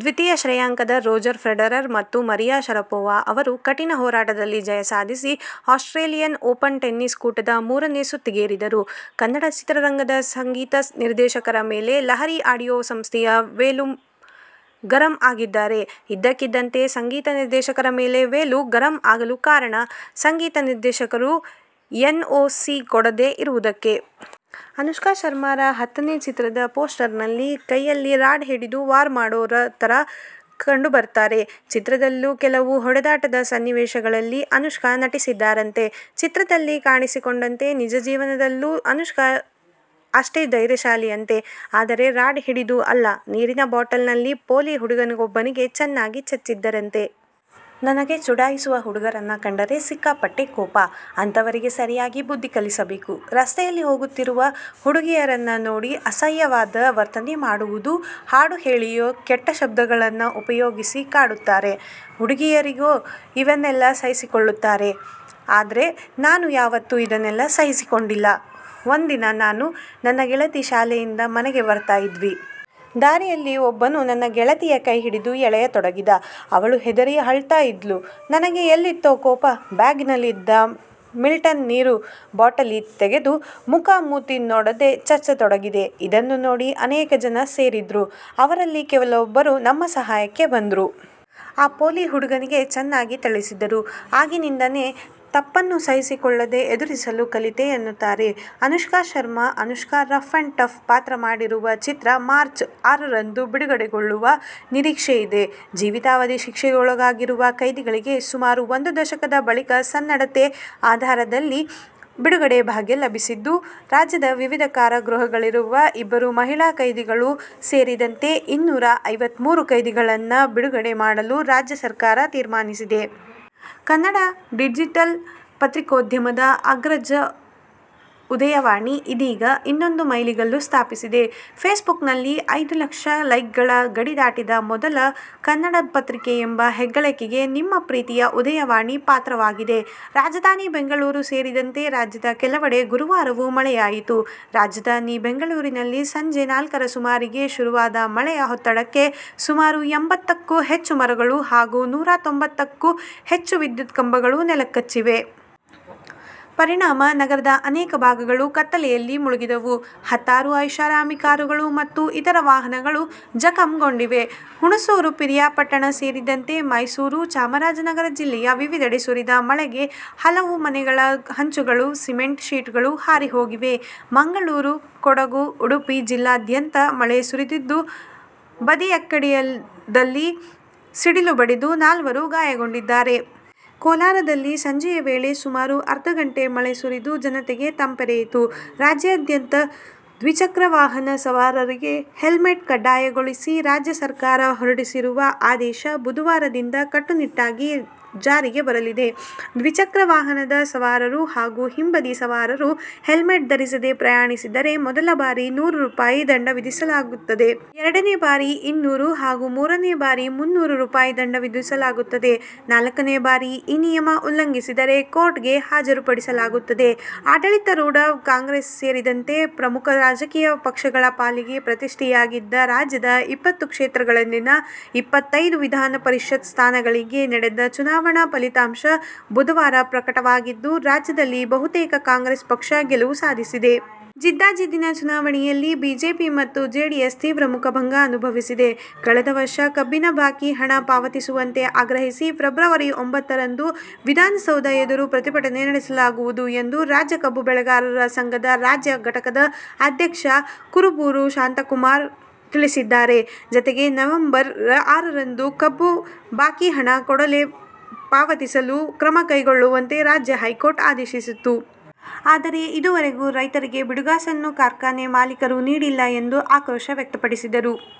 ದ್ವಿತೀಯ ಶ್ರೇಯಾಂಕದ Roger Federer ಮತ್ತು ಮರಿಯಾ ಶರಪೋವಾ ಅವರು ಕಠಿಣ ಹೋರಾಟದಲ್ಲಿ ಜಯ ಸಾಧಿಸಿ ಆಸ್ಟ್ರೇಲಿಯನ್ ಓಪನ್ ಟೆನ್ನಿಸ್ ಕೂಟದ ಮೂರನೇ ಸುತ್ತಿಗೇರಿದರು. ಕನ್ನಡ ಚಿತ್ರರಂಗದ ಸಂಗೀತ ನಿರ್ದೇಶಕರ ಮೇಲೆ ಲಹರಿ ಆಡಿಯೋ ಸಂಸ್ಥೆಯ ವೇಲು ಗರಂ ಆಗಿದ್ದಾರೆ. ಇದ್ದಕ್ಕಿದ್ದಂತೆಯೇ ಸಂಗೀತ ನಿರ್ದೇಶಕರ ಮೇಲೆ ವೇಲು ಗರಂ ಆಗಲು ಕಾರಣ, ಸಂಗೀತ ನಿರ್ದೇಶಕರು ಎನ್ಓಸಿ ಕೊಡದೇ ಇರುವುದಕ್ಕೆ. ಅನುಷ್ಕಾ ಶರ್ಮಾರ ಹತ್ತನೇ ಚಿತ್ರದ ಪೋಸ್ಟರ್ ನಲ್ಲಿ ಕೈಯಲ್ಲಿ ರಾಡ್ ಹಿಡಿದು ವಾರ್ ಮಾಡೋವ್ರ ತರಹ ಕಂಡು ಬರ್ತಾರೆ. ಚಿತ್ರದಲ್ಲೂ ಕೆಲವು ಹೊಡೆದಾಟದ ಸನ್ನಿವೇಶಗಳಲ್ಲಿ ಅನುಷ್ಕಾ ನಟಿಸಿದ್ದಾರಂತೆ. ಚಿತ್ರದಲ್ಲಿ ಕಾಣಿಸಿಕೊಂಡಂತೆ ನಿಜ ಜೀವನದಲ್ಲೂ ಅನುಷ್ಕಾ ಅಷ್ಟೇ ಧೈರ್ಯಶಾಲಿಯಂತೆ. ಆದರೆ ರಾಡ್ ಹಿಡಿದು ಅಲ್ಲ, ನೀರಿನ ಬಾಟಲ್ ನಲ್ಲಿ ಪೋಲಿ ಹುಡುಗನಿಗೊಬ್ಬನಿಗೆ ಚೆನ್ನಾಗಿ ಚಚ್ಚಿದ್ದರಂತೆ. ನನಗೆ ಚುಡಾಯಿಸುವ ಹುಡುಗರನ್ನು ಕಂಡರೆ ಸಿಕ್ಕಾಪಟ್ಟೆ ಕೋಪ. ಅಂಥವರಿಗೆ ಸರಿಯಾಗಿ ಬುದ್ಧಿ ಕಲಿಸಬೇಕು. ರಸ್ತೆಯಲ್ಲಿ ಹೋಗುತ್ತಿರುವ ಹುಡುಗಿಯರನ್ನು ನೋಡಿ ಅಸಹ್ಯವಾದ ವರ್ತನೆ ಮಾಡುವುದು, ಹಾಡು ಹೇಳಿಯೋ, ಕೆಟ್ಟ ಶಬ್ದಗಳನ್ನು ಉಪಯೋಗಿಸಿ ಕಾಡುತ್ತಾರೆ. ಹುಡುಗಿಯರೋ ಇವನ್ನೆಲ್ಲ ಸಹಿಸಿಕೊಳ್ತಾರೆ. ಆದ್ರೆ ನಾನು ಯಾವತ್ತೂ ಇದನ್ನೆಲ್ಲ ಸಹಿಸಿಕೊಂಡಿಲ್ಲ. ಒಂದಿನ ನಾನು, ನನ್ನ ಗೆಳತಿ ಶಾಲೆಯಿಂದ ಮನೆಗೆ ಬರ್ತಾ ಇದ್ವಿ. ದಾರಿಯಲ್ಲಿ ಒಬ್ಬನು ನನ್ನ ಗೆಳತಿಯ ಕೈ ಹಿಡಿದು ಎಳೆಯ ತೊಡಗಿದ. ಅವಳು ಹೆದರಿ ಅಳ್ತಾ ಇದ್ಲು. ನನಗೆ ಎಲ್ಲಿತ್ತೊ ಕೋಪ, ಬ್ಯಾಗಿನಲ್ಲಿದ್ದ ಮಿಲ್ಟನ್ ನೀರು ಬಾಟಲ್ ತೆಗೆದು ಮುಖ ಮೂತಿ ನೋಡದೆ ಚಚ್ಚತೊಡಗಿದೆ. ಇದನ್ನು ನೋಡಿ ಅನೇಕ ಜನ ಸೇರಿದ್ರು. ಅವರಲ್ಲಿ ಕೆಲವೊಬ್ಬರು ನಮ್ಮ ಸಹಾಯಕ್ಕೆ ಬಂದ್ರು. ಆ ಪೋಲಿ ಹುಡುಗನಿಗೆ ಚೆನ್ನಾಗಿ ಥಳಿಸಿದರು. ಆಗಿನಿಂದನೇ ತಪ್ಪನ್ನು ಸಹಿಸಿಕೊಳ್ಳದೆ ಎದುರಿಸಲು ಕಲಿತೆ ಎನ್ನುತ್ತಾರೆ Anushka Sharma. Anushka rough and tough ಪಾತ್ರ ಮಾಡಿರುವ ಚಿತ್ರ ಮಾರ್ಚ್ ಆರರಂದು ಬಿಡುಗಡೆಗೊಳ್ಳುವ ನಿರೀಕ್ಷೆಯಿದೆ. ಜೀವಾವಧಿ ಶಿಕ್ಷೆಗೊಳಗಾಗಿರುವ ಕೈದಿಗಳಿಗೆ ಸುಮಾರು ಒಂದು ದಶಕದ ಬಳಿಕ ಸನ್ನಡತೆ ಆಧಾರದಲ್ಲಿ ಬಿಡುಗಡೆ ಭಾಗ್ಯ ಲಭಿಸಿದ್ದು, ರಾಜ್ಯದ ವಿವಿಧ ಕಾರಾಗೃಹಗಳಲ್ಲಿರುವ ಇಬ್ಬರು ಮಹಿಳಾ ಕೈದಿಗಳು ಸೇರಿದಂತೆ ಇನ್ನೂರ ಐವತ್ಮೂರು ಕೈದಿಗಳನ್ನು ಬಿಡುಗಡೆ ಮಾಡಲು ರಾಜ್ಯ ಸರ್ಕಾರ ತೀರ್ಮಾನಿಸಿದೆ. ಕನ್ನಡ ಡಿಜಿಟಲ್ ಪತ್ರಿಕೋದ್ಯಮದ ಅಗ್ರಜ "ಉದಯವಾಣಿ' ಇದೀಗ ಇನ್ನೊಂದು ಮೈಲಿಗಲ್ಲು ಸ್ಥಾಪಿಸಿದೆ. ಫೇಸ್ಬುಕ್ನಲ್ಲಿ ಐದು ಲಕ್ಷ ಲೈಕ್ಗಳ ಗಡಿ ದಾಟಿದ ಮೊದಲ ಕನ್ನಡ ಪತ್ರಿಕೆ ಎಂಬ ಹೆಗ್ಗಳಿಕೆಗೆ ನಿಮ್ಮ ಪ್ರಿತಿಯ "ಉದಯವಾಣಿ ಪಾತ್ರವಾಗಿದೆ. ರಾಜಧಾನಿ ಬೆಂಗಳೂರು ಸೇರಿದಂತೆ ರಾಜ್ಯದ ಕೆಲವೆಡೆ ಗುರುವಾರವೂ ಮಳೆಯಾಯಿತು. ರಾಜಧಾನಿ ಬೆಂಗಳೂರಿನಲ್ಲಿ ಸಂಜೆ ನಾಲ್ಕರ ಸುಮಾರಿಗೆ ಶುರುವಾದ ಮಳೆಯ ಹೊಡೆತಕ್ಕೆ ಸುಮಾರು ಎಂಬತ್ತಕ್ಕೂ ಹೆಚ್ಚು ಮರಗಳು ಹಾಗೂ ನೂರ ತೊಂಬತ್ತಕ್ಕೂ ಹೆಚ್ಚು ವಿದ್ಯುತ್ ಕಂಬಗಳು ನೆಲಕಚ್ಚಿವೆ. ಪರಿಣಾಮ ನಗರದ ಅನೇಕ ಭಾಗಗಳು ಕತ್ತಲೆಯಲ್ಲಿ ಮುಳುಗಿದವು. ಹತ್ತಾರು ಐಷಾರಾಮಿ ಕಾರುಗಳು ಮತ್ತು ಇತರ ವಾಹನಗಳು ಜಖಂಗೊಂಡಿವೆ. ಹುಣಸೂರು, ಪಿರಿಯಾಪಟ್ಟಣ ಸೇರಿದಂತೆ ಮೈಸೂರು, ಚಾಮರಾಜನಗರ ಜಿಲ್ಲೆಯ ವಿವಿಧೆಡೆ ಸುರಿದ ಮಳೆಗೆ ಹಲವು ಮನೆಗಳ ಹಂಚುಗಳು, ಸಿಮೆಂಟ್ ಶೀಟ್ಗಳು ಹಾರಿಹೋಗಿವೆ. ಮಂಗಳೂರು, ಕೊಡಗು ಉಡುಪಿ ಜಿಲ್ಲೆಯಾದ್ಯಂತ ಮಳೆ ಸುರಿದಿದ್ದು, ಬದಿಯಡ್ಕದಲ್ಲಿ ಸಿಡಿಲು ಬಡಿದು ನಾಲ್ವರು ಗಾಯಗೊಂಡಿದ್ದಾರೆ. ಕೋಲಾರದಲ್ಲಿ ಸಂಜೆಯ ವೇಳೆ ಸುಮಾರು ಅರ್ಧ ಗಂಟೆ ಮಳೆ ಸುರಿದು, ಜನತೆಗೆ ತಂಪರೆಯಿತು. ರಾಜ್ಯಾದ್ಯಂತ ದ್ವಿಚಕ್ರ ವಾಹನ ಸವಾರರಿಗೆ ಹೆಲ್ಮೆಟ್ ಕಡ್ಡಾಯಗೊಳಿಸಿ ರಾಜ್ಯ ಸರ್ಕಾರ ಹೊರಡಿಸಿರುವ ಆದೇಶ ಬುಧವಾರದಿಂದ ಕಟ್ಟುನಿಟ್ಟಾಗಿ ಜಾರಿಗೆ ಬರಲಿದೆ. ದ್ವಿಚಕ್ರ ವಾಹನದ ಸವಾರರು ಹಾಗೂ ಹಿಂಬದಿ ಸವಾರರು ಹೆಲ್ಮೆಟ್ ಧರಿಸದೆ ಪ್ರಯಾಣಿಸಿದರೆ ಮೊದಲ ಬಾರಿ ನೂರು ರೂಪಾಯಿ ದಂಡ ವಿಧಿಸಲಾಗುತ್ತದೆ. ಎರಡನೇ ಬಾರಿ ಇನ್ನೂರು ಹಾಗೂ ಮೂರನೇ ಬಾರಿ ಮುನ್ನೂರು ರೂಪಾಯಿ ದಂಡ ವಿಧಿಸಲಾಗುತ್ತದೆ. ನಾಲ್ಕನೇ ಬಾರಿ ನಿಯಮ ಉಲ್ಲಂಘಿಸಿದರೆ ಕೋರ್ಟ್ಗೆ ಹಾಜರುಪಡಿಸಲಾಗುತ್ತದೆ. ಆಡಳಿತಾರೂಢ ಕಾಂಗ್ರೆಸ್ ಸೇರಿದಂತೆ ಪ್ರಮುಖ ರಾಜಕೀಯ ಪಕ್ಷಗಳ ಪಾಲಿಗೆ ಪ್ರತಿಷ್ಠೆಯಾಗಿದ್ದ ರಾಜ್ಯದ ಇಪ್ಪತ್ತು ಕ್ಷೇತ್ರಗಳಲ್ಲಿನ ಇಪ್ಪತ್ತೈದು ವಿಧಾನಪರಿಷತ್ ಸ್ಥಾನಗಳಿಗೆ ನಡೆದ ಚುನಾವಣಾ ಫಲಿತಾಂಶ ಬುಧವಾರ ಪ್ರಕಟವಾಗಿದ್ದು, ರಾಜ್ಯದಲ್ಲಿ ಬಹುತೇಕ ಕಾಂಗ್ರೆಸ್ ಪಕ್ಷ ಗೆಲುವು ಸಾಧಿಸಿದೆ. ಜಿದ್ದಾಜಿದ್ದಿನ ಚುನಾವಣೆಯಲ್ಲಿ ಬಿಜೆಪಿ ಮತ್ತು ಜೆಡಿಎಸ್ ತೀವ್ರ ಮುಖಭಂಗ ಅನುಭವಿಸಿದೆ. ಕಳೆದ ವರ್ಷದ ಕಬ್ಬಿನ ಬಾಕಿ ಹಣ ಪಾವತಿಸುವಂತೆ ಆಗ್ರಹಿಸಿ ಫೆಬ್ರವರಿ ಒಂಬತ್ತರಂದು ವಿಧಾನಸೌಧ ಎದುರು ಪ್ರತಿಭಟನೆ ನಡೆಸಲಾಗುವುದು ಎಂದು ರಾಜ್ಯ ಕಬ್ಬು ಬೆಳೆಗಾರರ ಸಂಘದ ರಾಜ್ಯ ಘಟಕದ ಅಧ್ಯಕ್ಷ ಕುರುಬೂರು ಶಾಂತಕುಮಾರ್ ತಿಳಿಸಿದ್ದಾರೆ. ಜತೆಗೆ ನವಂಬರ್ ಆರರಂದು ಕಬ್ಬು ಬಾಕಿ ಹಣ ಕೂಡಲೇ ಪಾವತಿಸಲು ಕ್ರಮಕೈಗೊಳ್ಳುವಂತೆ ರಾಜ್ಯ ಹೈಕೋರ್ಟ್ ಆದೇಶಿಸಿತ್ತು. ಆದರೆ ಇದುವರೆಗೂ ರೈತರಿಗೆ ಬಿಡಿಗಾಸನ್ನೂ ಕಾರ್ಖಾನೆ ಮಾಲೀಕರು ನೀಡಿಲ್ಲ ಎಂದು ಆಕ್ರೋಶ ವ್ಯಕ್ತಪಡಿಸಿದರು.